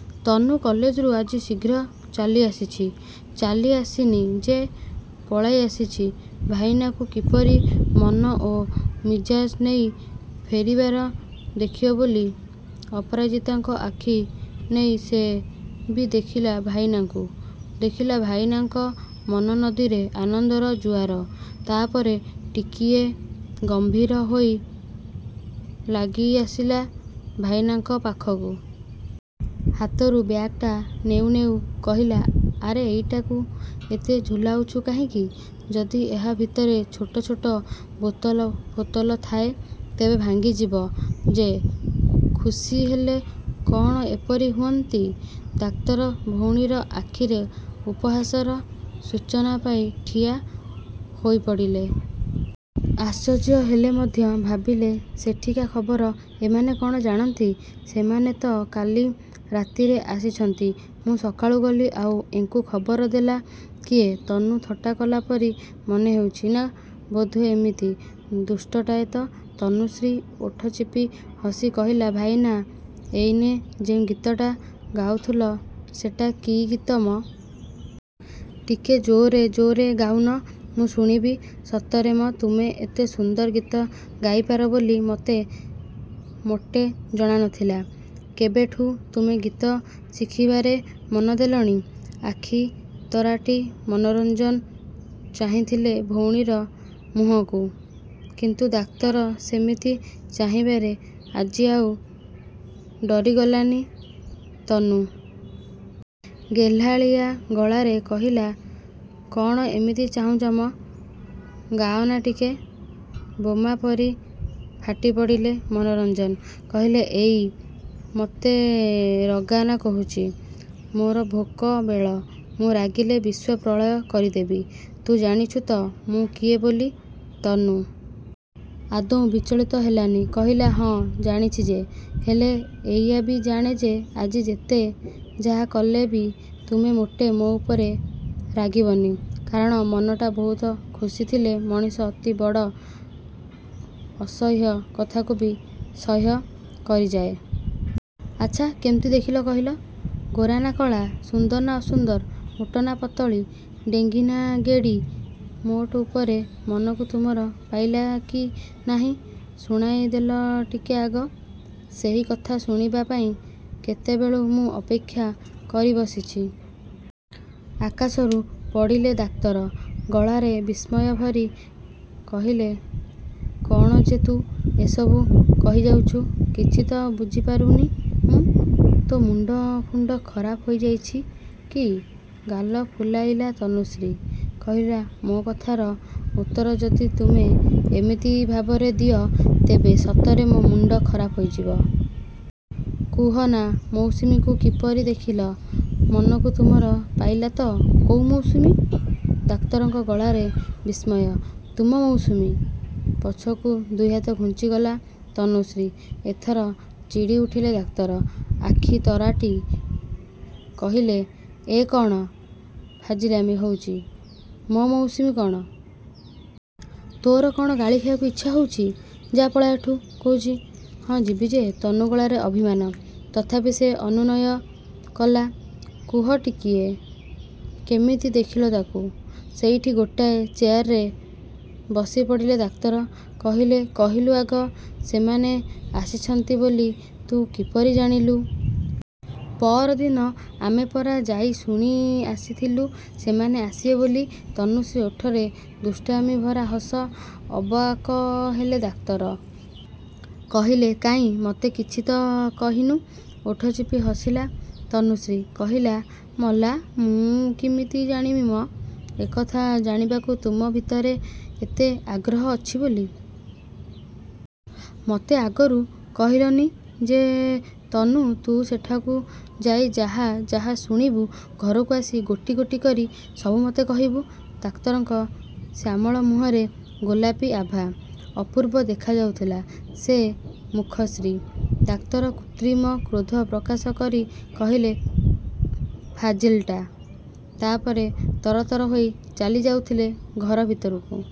: ତନୁ କଲେଜରୁ ଆଜି ଶୀଘ୍ର ଚାଲିଆସିଛି। ଚାଲି ଆସିନି ଯେ, ପଳାଇ ଆସିଛି ଭାଇନାକୁ କିପରି ମନ ଓ ମିଜାଜ ନେଇ ଫେରିବାର ଦେଖିବ ବୋଲି। ଅପରାଜିତାଙ୍କ ଆଖି ନେଇ ସେ ବି ଦେଖିଲା ଭାଇନାଙ୍କୁ। ଦେଖିଲା ଭାଇନାଙ୍କ ମନନଦୀରେ ଆନନ୍ଦର ଜୁଆର। ତାପରେ, ଟିକିଏ ଗମ୍ଭୀର ହୋଇ ଲାଗିଆସିଲା ଭାଇନାଙ୍କ ପାଖକୁ। ହାତରୁ ବ୍ୟାଗଟା ନେଉ ନେଉ କହିଲା ଆରେ ଏଇଟାକୁ ଏତେ ଝୁଲାଉଛ କାହିଁକି? ଯଦି ଏହା ଭିତରେ ଛୋଟ ଛୋଟ ବୋତଲ ଫୋତଲ ଥାଏ, ତେବେ ଭାଙ୍ଗିଯିବ ଯେ। ଖୁସି ହେଲେ କ'ଣ ଏପରି ହୁଅନ୍ତି? ଡାକ୍ତର ଭଉଣୀର ଆଖିରେ ଉପହାସର ସୂଚନା ପାଇ ଠିଆ ହୋଇପଡ଼ିଲେ। ଆଶ୍ଚର୍ଯ୍ୟ ହେଲେ ମଧ୍ୟ। ଭାବିଲେ ସେଠିକା ଖବର ଏମାନେ କ'ଣ ଜାଣନ୍ତି! ସେମାନେ ତ କାଲି ରାତିରେ ଆସିଛନ୍ତି। ମୁଁ ସକାଳୁ ଗଲି, ଆଉ ଏଙ୍କୁ ଖବର ଦେଲା କିଏ! ତନୁ ଥଟ୍ଟା କଲା ପରି ମନେହେଉଛି ନା, ବୋଧହୁଏ ଏମିତି। ଦୁଷ୍ଟଟାଏ ତ! ତନୁଶ୍ରୀ ଓଠ ଚିପି ହସି କହିଲା ଭାଇନା, ଏଇନେ ଯେଉଁ ଗୀତଟା ଗାଉଥିଲ, ସେଟା କି ଗୀତ ମ? ଟିକେ ଜୋରରେ ଜୋରରେ ଗାଉନ। ମୁଁ ଶୁଣିବି। ସତରେ ମ ତୁମେ ଏଡ଼େ ସୁନ୍ଦର ଗୀତ ଗାଇପାର ବୋଲି ମୋତେ ମୋଟେ ଜଣାନଥିଲା। କେବେଠୁଁ ତୁମେ ଗୀତ ଶିଖିବାରେ ମନଦେଲଣି? ଆଖି ତରାଟି ମନୋରଞ୍ଜନ ଚାହିଁଥିଲେ ଭଉଣୀର ମୁହଁକୁ। କିନ୍ତୁ ଡାକ୍ତର ସେମିତି ଚାହିଁବାରେ ଆଜି ଆଉ ଡରିଗଲାନି ତନୁ। ଗେହ୍ଲାଳିଆ ଗଳାରେ କହିଲା କ'ଣ ଏମିତି ଚାହିଁଛ ମ? ଗାଅନା ଟିକେ। ବୋମା ପରି ଫାଟି ପଡ଼ିଲେ ମନୋରଞ୍ଜନ। କହିଲେ"ଏଇ, ମୋତେ ରଗାନା କହୁଛି। ମୋର ଭୋକ ବେଳ, ମୁଁ ରାଗିଲେ ବିଶ୍ୱ ପ୍ରଳୟ କରିଦେବି। ତୁ ଜାଣିଛୁ ତ ମୁଁ କିଏ ବୋଲି? ତନୁ ଆଦୌ ବିଚଳିତ ହେଲାନି। କହିଲା ହଁ, ଜାଣିଛି ଯେ, ହେଲେ ଏଇଆ ବି ଜାଣେ ଯେ ଆଜି ଯେତେ ଯାହା କଲେବି ତୁମେ ମୋଟେ ମୋ ଉପରେ ରାଗିବନି। କାରଣ, ମନଟା ବହୁତ ଖୁସିଥିଲେ ମଣିଷ ଅତି ବଡ଼ ଅସହ୍ୟ କଥାକୁ ବି ସହ୍ୟ କରିଯାଏ। ଆଚ୍ଛା, କେମିତି ଦେଖିଲ କହିଲ? ଗୋରା ନା କଳା, ସୁନ୍ଦର ନା ଅସୁନ୍ଦର, ମୋଟା ନା ପାତଳୀ, ଡେଙ୍ଗୀ ନା ଗେଡ଼ୀ? ମୋଟ ଉପରେ ମନକୁ ତୁମର ପାଇଲା କି ନାହିଁ, ଶୁଣାଇଦେଲ ଟିକେ ଆଗ। ସେହି କଥା ଶୁଣିବା ପାଇଁ କେତେବେଳୁ ମୁଁ ଅପେକ୍ଷା କରି ବସିଛି। ଆକାଶରୁ ପଡ଼ିଲେ ଡାକ୍ତର। ଗଳାରେ ବିସ୍ମୟ ଭରି କହିଲେ କ'ଣ ଯେ ତୁ ଏସବୁ କହିଯାଉଛୁ, କିଛି ତ ବୁଝିପାରୁନି ମୁଁ। ତୋ ମୁଣ୍ଡ ଫୁଣ୍ଡ ଖରାପ ହୋଇଯାଇଛି କି? ଗାଲ ଫୁଲାଇଲା ତନୁଶ୍ରୀ। କହିଲା ମୋ କଥାର ଉତ୍ତର ଯଦି ତୁମେ ଏମିତି ଭାବରେ ଦିଅ, ତେବେ ସତରେ ମୋ ମୁଣ୍ଡ ଖରାପ ହୋଇଯିବ। କୁହନା, ମୌସୁମୀକୁ କିପରି ଦେଖିଲ? ମନକୁ ତୁମର ପାଇଲା ତ କୋଉ ମୌସୁମୀ? ଡାକ୍ତରଙ୍କ ଗଳାରେ ବିସ୍ମୟ। ତୁମ ମୌସୁମୀ। ପଛକୁ ଦୁଇହାତ ଘୁଞ୍ଚିଗଲା ତନୁଶ୍ରୀ। ଏଥର ଚିଡ଼ି ଉଠିଲେ ଡାକ୍ତର। ଆଖି ତରାଟି କହିଲେ ଏ, କ'ଣ ଫାଜିଲାମି ହଉଛି? ମୋ ମୌସୁମୀ କ'ଣ? ତୋର କ'ଣ ଗାଳି ଖାଇବାକୁ ଇଚ୍ଛା ହଉଛି? ଯା, ପଳା ଏଠୁ କହୁଛି। ହଁ ଯିବି ଯେ ତନୁ ଗଳାରେ ଅଭିମାନ। ତଥାପି ସେ ଅନୁନୟ କଲା, କୁହ ଟିକିଏ, କେମିତି ଦେଖିଲ ତାକୁ। ସେଇଠି ଗୋଟାଏ ଚେୟାରରେ ବସିପଡ଼ିଲେ ଡାକ୍ତର। କହିଲେ, କହିଲୁ ଆଗ, ସେମାନେ ଆସିଛନ୍ତି ବୋଲି ତୁ କିପରି ଜାଣିଲୁ? ପଅରଦିନ ଆମେ ପରା ଯାଇ ଶୁଣି ଆସିଥିଲୁ ସେମାନେ ଆସିବେ ବୋଲି। ତନୁଶ୍ରୀ ଓଠରେ ଦୁଷ୍ଟାମି ଭରା ହସ। ଅବାକ ହେଲେ ଡାକ୍ତର। କହିଲେ କାହିଁ, ମୋତେ କିଛି ତ କହିନୁ? ଓଠ ଚିପି ହସିଲା ତନୁଶ୍ରୀ। କହିଲା ମଲା, ମୁଁ କିମିତି ଜାଣିବି ମ, ଏକଥା ଜାଣିବାକୁ ତୁମ ଭିତରେ ଏତେ ଆଗ୍ରହ ଅଛି ବୋଲି! ମୋତେ ଆଗରୁ କହିଲନି ଯେ 'ତନୁ, ତୁ ସେଠାକୁ ଯାଇ ଯାହା ଯାହା ଶୁଣିବୁ, ଘରକୁ ଆସି ଗୋଟି ଗୋଟି କରି ସବୁ ମୋତେ କହିବୁ। ଡାକ୍ତରଙ୍କ ଶ୍ୟାମଳ ମୁହଁରେ ଗୋଲାପି ଆଭା। ଅପୂର୍ବ ଦେଖାଯାଉଥିଲା ସେ ମୁଖଶ୍ରୀ। ଡାକ୍ତର କୃତ୍ରିମ କ୍ରୋଧ ପ୍ରକାଶ କରି କହିଲେ ଫାଜିଲ୍ଟା। ତା'ପରେ ତରତର ହୋଇ ଚାଲିଯାଉଥିଲେ ଘର ଭିତରକୁ।